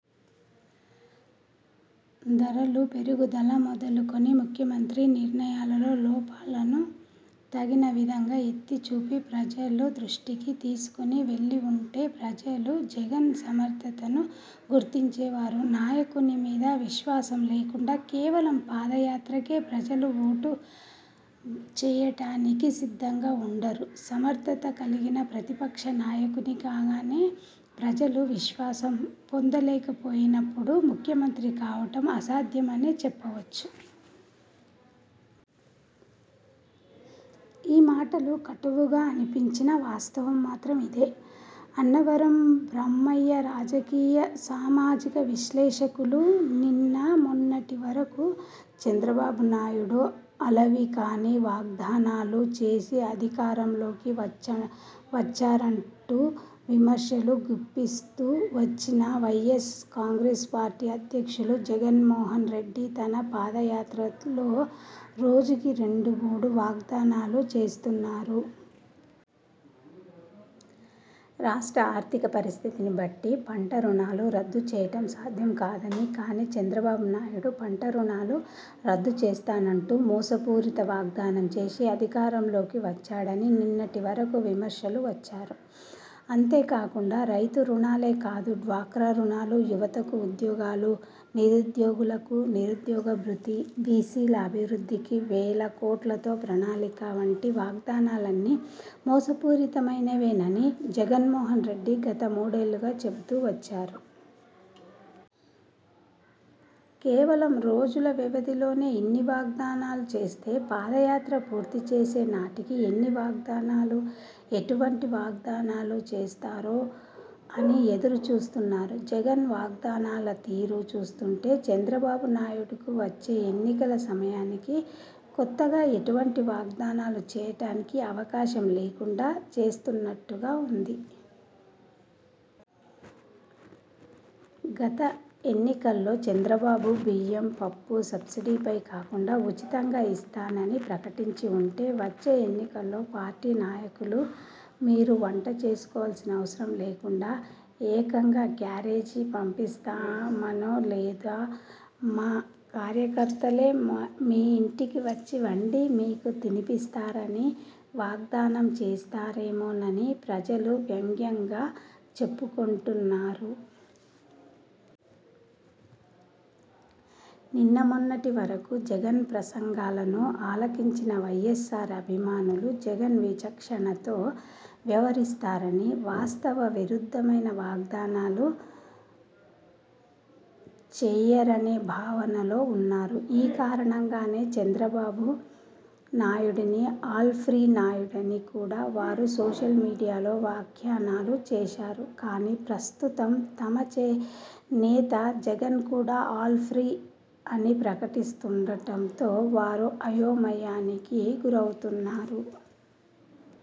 ధరలు పెరుగుదల మొదలుకొని, ముఖ్యమంత్రి నిర్ణయాలలో లోపాలను తగిన విధంగా ఎత్తి చూపి ప్రజలు దృష్టికి తీసుకు వెళ్లివుంటే ప్రజలు జగన్ సమర్థతను గుర్తించేవారు. నాయకుని మీద విశ్వాసం లేకుండా కేవలం పాదయాత్రకే ప్రజలు ఓటు చేయడానికి సిద్ధంగా వుండరు. సమర్థత కలిగిన ప్రతిపక్ష నాయకునిగానే ప్రజల విశ్వాసం పొందలేకపోయినప్పుడు ముఖ్యమంత్రి కావడం అసాధ్యమనే చెప్పవచ్చు. ఈ మాటలు కటువుగా అనిపించినా వాస్తవం మాత్రం ఇదే. అన్నవరపు బ్రహ్మయ్యరాజకీయ– సామాజిక విశ్లేషకులు నిన్న మొన్నటి వరకు చంద్రబాబు నాయుడు అలవికాని వాగ్దానాలు చేసి అధికారంలోకి వచ్చారంటూ విమర్శలు గుప్పిస్తూ వచ్చిన వైఎస్ఆర్ కాంగ్రెస్ పార్టీ అధ్యక్షులు జగన్మోహన రెడ్డి తన పాదయాత్రలో రోజుకి రెండు మూడు వాగ్దానాలు చేస్తున్నారు! రాష్ట్ర ఆర్థిక పరిస్థితిని బట్టి పంట రుణాలు రద్దు చేయడం సాధ్యం కాదని, కానీ చంద్రబాబు నాయుడు పంట రుణాలు రద్దు చేస్తానంటూ మోసపూరిత వాగ్దానం చేసి అధికారంలోకి వచ్చాడని నిన్నటి వరకు విమర్శిస్తూ వచ్చారు. అంతేకాకుండా రైతు రుణాలే కాదు డ్వాక్రా రుణాలు, యువతకు ఉద్యోగాలు, నిరుద్యోగులకు నిరుద్యోగ భృతి, బీసీల అభివృద్ధికి వేల కోట్లతో ప్రణాళిక వంటి వాగ్దానాలన్నీ మోసపూరితమైనవేనని జగన్మోహన రెడ్డి గత మూడేళ్ళుగా చెబుతూ వచ్చారు. కేవలం రోజుల వ్యవధిలోనే ఇన్ని వాగ్దానాలు చేస్తే పాదయాత్ర పూర్తి చేసే నాటికి ఎన్ని వాగ్దానాలు, ఎటువంటి వాగ్దానాలు చేస్తారో అని ఎదురు చూస్తున్నారు. జగన్ వాగ్దానాల తీరు చూస్తుంటే చంద్రబాబు నాయుడుకు వచ్చే ఎన్నికల సమయానికి కొత్తగా ఎటువంటి వాగ్దానాలు చేయడానికి అవకాశం లేకుండా చేస్తున్నట్టుగా వుంది. గత ఎన్నికల్లో చంద్రబాబు బియ్యం, పప్పులు సబ్సిడీపై కాకుండా ఉచితంగా ఇస్తానని ప్రకటించి వుంటే వచ్చే ఎన్నికల్లో పార్టీ నాయకులు మీరు వంట చేసుకోవాల్సిన అవసరం లేకుండా ఏకంగా క్యారేజీ పంపిస్తామనో లేదా మా కార్యకర్తలే మీ ఇంటికి వచ్చి వండి మీకు తినిపిస్తారని వాగ్దానం చేస్తారేమోనని ప్రజలు వ్యంగ్యంగా చెప్పుకొంటున్నారు. నిన్న మొన్నటి వరకు జగన్ ప్రసంగాలను ఆలకించిన వైఎస్ఆర్ అభిమానులు జగన్ విచక్షణతో వ్యవహరిస్తారని, వాస్తవ విరుద్ధమైన వాగ్దానాలు చేయరనే భావనలో వున్నారు. ఈ కారణంగానే చంద్రబాబు నాయుడిని ఆల్ ఫ్రీ నాయుడని కూడా వారు సోషల్ మీడియాలో వ్యాఖ్యానాలు చేశారు. కానీ, ప్రస్తుతం తమ నేత జగన్ కూడా ఆల్ ఫ్రీ అని ప్రకటిస్తుండటంతో వారు అయోమయానికి గురవుతున్నారు.